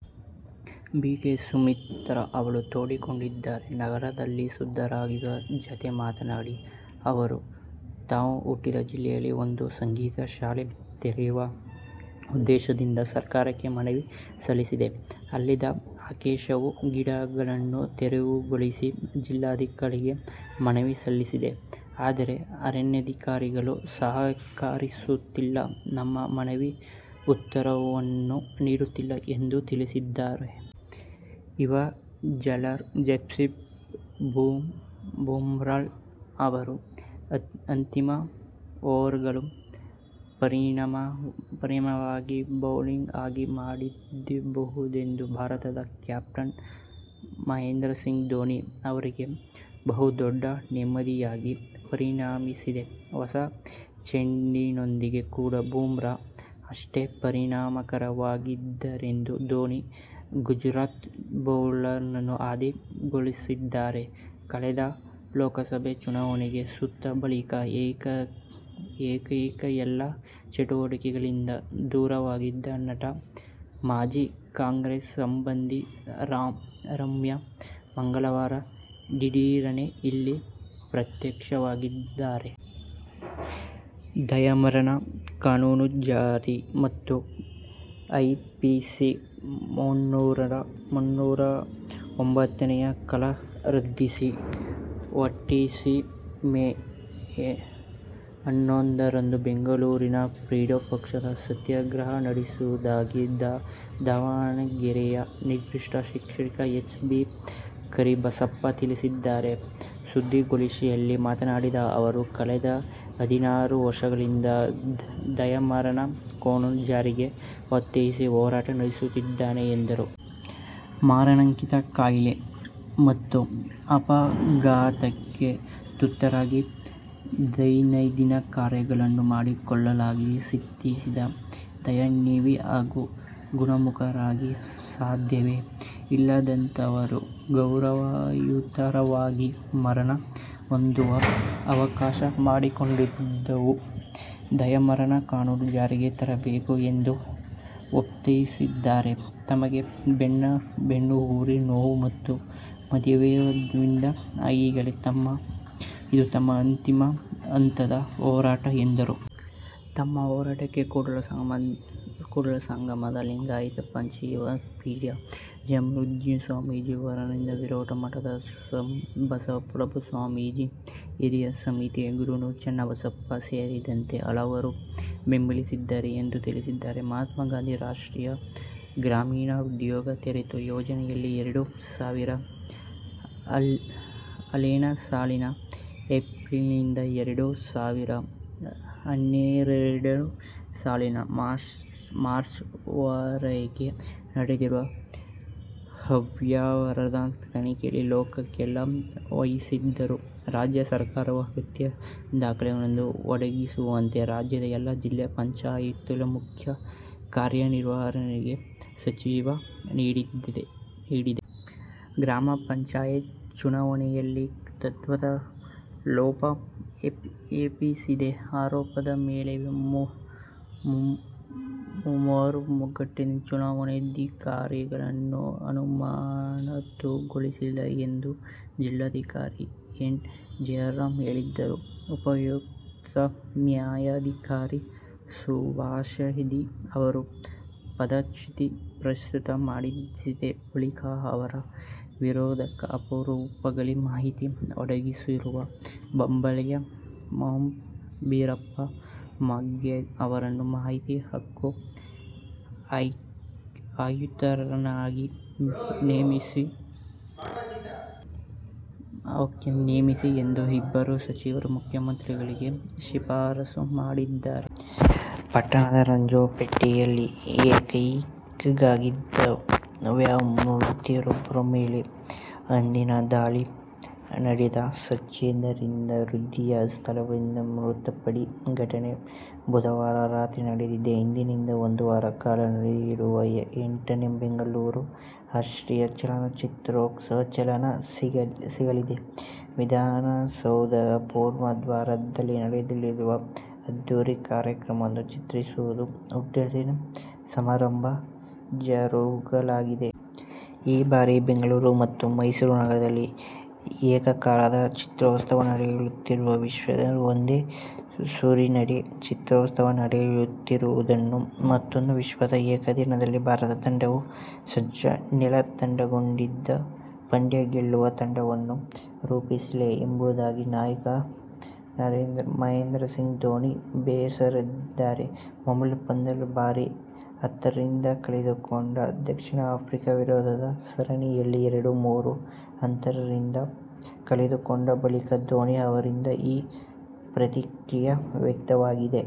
BK. Sumitra ಅಳಲು ತೋಡಿಕೊಂಡಿದ್ದಾರೆ. ನಗರದಲ್ಲಿ ಸುದ್ದಿಗಾರರ ಜತೆ ಮಾತನಾಡಿದ ಅವರು, ತಾವು ಹುಟ್ಟಿದ ಜಿಲ್ಲೆಯಲ್ಲಿ ಒಂದು ಸಂಗೀತ ಶಾಲೆ ತೆರೆಯುವ ಉದ್ದೇಶದಿಂದ ಸರ್ಕಾರಕ್ಕೆ ಮನವಿ ಸಲ್ಲಿಸಿದ್ದೆ. ಅಲ್ಲಿದ್ದ ಅಕೇಶಿಯಾ ಗಿಡಗಳನ್ನು ತೆರವುಗೊಳಿಸಲು ಜಿಲ್ಲಾಡಳಿತಕ್ಕೆ ಮನವಿ ಸಲ್ಲಿಸಿದ್ದೆ. ಆದರೆ ಅರಣ್ಯಾಧಿಕಾರಿಗಳು ಸಹಕರಿಸುತ್ತಿಲ್ಲ, ನಮ್ಮ ಮನವಿಗೆ ಉತ್ತರವನ್ನೂ ನೀಡುತ್ತಿಲ್ಲ ಎಂದು ತಿಳಿಸಿದರು. ಯುವ ಬೌಲರ್ ಜಸ್ಪ್ರೀತ್ ಬುಮ್ರಾಹ್ ಅವರು "ಅಂತಿಮ ಓವರ್ಗಳ' ಪರಿಣಾಮಕಾರಿ ಬೌಲರ್ ಆಗಿ ಮೂಡಿಬಂದಿರುವುದು ಭಾರತದ ಕ್ಯಾಪ್ಟನ್ ಮಹೇಂದ್ರ ಸಿಂಗ್ ಧೋನಿ ಅವರಿಗೆ ಬಹುದೊಡ್ಡ ನೆಮ್ಮದಿಯಾಗಿ ಪರಿಣಮಿಸಿದೆ. ಹೊಸ ಚೆಂಡಿನೊಂದಿಗೆ ಕೂಡ ಬುಮ್ರಾಹ್ ಅಷ್ಟೇ ಪರಿಣಾಮಕಾರಿಯಾಗಿದ್ದಾರೆಂದು ಧೋನಿ ಗುಜರಾತ್ ಬೌಲರ್ನನ್ನು ಹಾಡಿ ಹೊಗಳಿದ್ದಾರೆ. ಕಳೆದ ಲೋಕಸಭೆ ಚುನಾವಣೆಯಲ್ಲಿ ಸೋತ ಬಳಿಕ ಏಕಾಏಕಿ ಎಲ್ಲ ಚಟುವಟಿಕೆಗಳಿಂದ ದೂರವಾಗಿದ್ದ ನಟಿ, ಮಾಜಿ ಕಾಂಗ್ರೆಸ್ ಸಂಸದೆ ರಮ್ಯಾ ಮಂಗಳವಾರ ದಿಢೀರನೇ ಇಲ್ಲಿ ಪ್ರತ್ಯಕ್ಷವಾಗಿದ್ದಾರೆ. ದಯಾಮರಣ ಕಾನೂನು ಜಾರಿ ಮತ್ತು ಐಪಿಸಿ ಮುನ್ನೂರ ಒಂಬತ್ತನೇ ಕಲಂ ರದ್ದತಿಗೆ ಒತ್ತಾಯಿಸಿ ಮೇ ಹನ್ನೊಂದರಂದು ಬೆಂಗಳೂರಿನ ಫ್ರೀಡಂ ಪಾರ್ಕ್ನಲ್ಲಿ ಸತ್ಯಾಗ್ರಹ ನಡೆಸುವುದಾಗಿ ದಾವಣಗೆರೆಯ ನಿವೃತ್ತ ಶಿಕ್ಷಕಿ ಎಚ್. ಬಿ. ಕರಿಬಸಮ್ಮ ತಿಳಿಸಿದರು. ಸುದ್ದಿಗೋಷ್ಠಿಯಲ್ಲಿ ಮಾತನಾಡಿದ ಅವರು, ಕಳೆದ ಹದಿನಾರು ವರ್ಷಗಳಿಂದ ದಯಾಮರಣ ಕಾನೂನು ಜಾರಿಗೆ ಒತ್ತಾಯಿಸಿ ಹೋರಾಟ ನಡೆಸುತ್ತಿದ್ದೇನೆ ಎಂದರು. ಮಾರಣಾಂತಿಕ ಕಾಯಿಲೆ ಮತ್ತು ಅಪಘಾತಕ್ಕೆ ತುತ್ತಾಗಿ ದೈನಂದಿನ ಕಾರ್ಯಗಳನ್ನು ಮಾಡಿಕೊಳ್ಳಲಾಗದ ಸ್ಥಿತಿಯಿದೆ. ದಯನೀಯ ಹಾಗೂ ಗುಣಮುಖರಾಗಲು ಸಾಧ್ಯವೇ ಇಲ್ಲದಂತಹವರು ಗೌರವಯುತವಾಗಿ ಮರಣ ಹೊಂದುವ ಅವಕಾಶ ಮಾಡಿಕೊಡುವ ದಯಾಮರಣ ಕಾನೂನು ಜಾರಿಗೆ ತರಬೇಕು ಎಂದು ಒತ್ತಾಯಿಸಿದರು. ತಮಗೆ ಬೆನ್ನುಹುರಿ ನೋವು ಮತ್ತು ಮಧುಮೇಹವಿದೆ. ಹೀಗಾಗಿ ಇದು ತಮ್ಮ ಅಂತಿಮ ಹಂತದ ಹೋರಾಟ ಎಂದರು. ತಮ್ಮ ಹೋರಾಟಕ್ಕೆ ಕೂಡಲಸಂಗಮದ ಲಿಂಗಾಯತ ಪಂಚಮಸಾಲಿ ಪೀಠದ ಜಯಮೃತ್ಯುಂಜಯ ಸ್ವಾಮೀಜಿ, ದಾವಣಗೆರೆ ವಿರಕ್ತ ಮಠದ ಬಸವಪ್ರಭು ಸ್ವಾಮೀಜಿ, ಹಿರಿಯ ಸಾಹಿತಿ ಗೊ. ರು. ಚನ್ನಬಸಪ್ಪ ಸೇರಿದಂತೆ ಹಲವರು ಬೆಂಬಲಿಸಿದ್ದಾರೆ ಎಂದು ತಿಳಿಸಿದರು. ಮಹಾತ್ಮ ಗಾಂಧಿ ರಾಷ್ಟ್ರೀಯ ಗ್ರಾಮೀಣ ಉದ್ಯೋಗ ಖಾತರಿ ಯೋಜನೆಯಲ್ಲಿ ಎರಡು ಸಾವಿರದ ಏಳನೇ ಸಾಲಿನ ಏಪ್ರಿಲ್ನಿಂದ ಎರಡು ಸಾವಿರದ ಹನ್ನೆರಡನೇ ಸಾಲಿನ ಮಾರ್ಚ್ವರವರಗೆ ನಡೆದಿರುವ ಅವ್ಯವಹಾರದ ತನಿಖೆಯನ್ನು ಲೋಕಾಯುಕ್ತಕ್ಕೆ ವಹಿಸಿರುವ ರಾಜ್ಯ ಸರ್ಕಾರವು ಅಗತ್ಯ ದಾಖಲೆಗಳನ್ನು ಒದಗಿಸುವಂತೆ ರಾಜ್ಯದ ಎಲ್ಲಾ ಜಿಲ್ಲಾ ಪಂಚಾಯತ್ಗಳ ಮುಖ್ಯ ಕಾರ್ಯನಿರ್ವಾಹಕರಿಗೆ ಸೂಚನೆ ನೀಡಿದೆ. ಗ್ರಾಮ ಪಂಚಾಯಿತಿ ಚುನಾವಣೆಯಲ್ಲಿ ಕರ್ತವ್ಯ ಲೋಪ ಎಸಗಿದ ಆರೋಪದ ಮೇರೆಗೆ ಮೂವರು ಮತಗಟ್ಟೆ ಚುನಾವಣಾಧಿಕಾರಿಗಳನ್ನು ಅಮಾನತುಗೊಳಿಸಲಾಗಿದೆ ಎಂದು ಜಿಲ್ಲಾಧಿಕಾರಿ ಎನ್. ಜಯರಾಮ್ ಹೇಳಿದರು. ಉಪಲೋಕಾಯುಕ್ತ ನ್ಯಾಯಾಧೀಶ ಸುಭಾಷ್ ಅಡಿ ಅವರ ಪದಚ್ಯುತಿ ಪ್ರಸ್ತಾಪ ಮಂಡಿಸಿದ ಬಳಿಕ ಅವರ ವಿರುದ್ಧದ ಆರೋಪಗಳ ಮಾಹಿತಿ ಒದಗಿಸಿರುವ ಹುಬ್ಬಳ್ಳಿಯ ಮೋಹನ್ ಬೀರಪ್ಪ ಮಾಳಗೇರ್ ಅವರನ್ನು ಮಾಹಿತಿ ಹಕ್ಕು ಆಯುಕ್ತರನ್ನಾಗಿ ನೇಮಿಸಿ ಎಂದು ಇಬ್ಬರು ಸಚಿವರು ಮುಖ್ಯಮಂತ್ರಿಗಳಿಗೆ ಶಿಫಾರಸು ಮಾಡಿದ್ದಾರೆ. ಪಟ್ಟಣದ ರಜಂಗಳ ಪೇಟೆಯಲ್ಲಿ ಏಕಾಂಗಿಯಾಗಿದ್ದ ವಯೋವೃದ್ಧೆಯೊಬ್ಬರ ಮೇಲೆ ಹಂದಿಗಳು ದಾಳಿ ನಡೆಸಿ ಕಚ್ಚಿದ್ದರಿಂದ ವೃದ್ಧೆಯು ಸ್ಥಳದಲ್ಲೇ ಮೃತಪಟ್ಟ ಘಟನೆ ಬುಧವಾರ ರಾತ್ರಿ ನಡೆದಿದೆ. ಇಂದಿನಿಂದ ಒಂದು ವಾರ ಕಾಲ ನಡೆಯಲಿರುವ ಎಂಟನೇ ಬೆಂಗಳೂರು ಅಂತಾಷ್ಟ್ರೀಯ ಚಲನಚಿತ್ರೋತ್ಸವಕ್ಕೆ ಚಾಲನೆ ಸಿಗಲಿದೆ. ವಿಧಾನಸೌಧದ ಪೂರ್ವ ದ್ವಾರದಲ್ಲಿ ನಡೆಯಲಿರುವ ಅದ್ಧೂರಿ ಕಾರ್ಯಕ್ರಮದಲ್ಲಿ ಚಿತ್ರೋತ್ಸವದ ಉದ್ಘಾಟನಾ ಸಮಾರಂಭ ಜರುಗಲಿದೆ. ಈ ಬಾರಿ ಬೆಂಗಳೂರು ಮತ್ತು ಮೈಸೂರು ನಗರದಲ್ಲಿ ಏಕಕಾಲಕ್ಕೆ ಚಿತ್ರೋತ್ಸವ ನಡೆಯುತ್ತಿರುವುದು ವಿಶೇಷ. ಒಂದೇ ಸೂರಿನಡಿ ಚಿತ್ರೋತ್ಸವ ನಡೆಯುತ್ತಿರುವುದು ಮತ್ತೂಂದು ವಿಶೇಷ. ಏಕದಿನದಲ್ಲಿ ಭಾರತ ತಂಡವಿನ್ನೂ ಸೂಕ್ತ ನೆಲೆ ಕಂಡುಕೊಂಡಿಲ್ಲ, ಪಂದ್ಯ ಗೆಲ್ಲುವ ತಂಡವನ್ನು ರೂಪಿಸಿಲ್ಲ ಎಂಬುದಾಗಿ ನಾಯಕ ಮಹೇಂದ್ರ ಸಿಂಗ್ ಧೋನಿ ಬೇಸರಿಸಿದ್ದಾರೆ. ಮುಂಬಯಿ ಪಂದ್ಯವನ್ನು ಭಾರೀ ಅಂತರದಿಂದ ಕಳೆದುಕೊಂಡು, ದಕ್ಷಿಣ ಆಫ್ರಿಕಾ ವಿರುದ್ಧದ ಸರಣಿಯನ್ನು ಎರಡು-ಮೂರು ಅಂತರದಿಂದ ಕಳೆದುಕೊಂಡ ಬಳಿಕ ಧೋನಿ ಅವರಿಂದ ಈ ಪ್ರತಿಕ್ರಿಯೆ ವ್ಯಕ್ತವಾಗಿದೆ.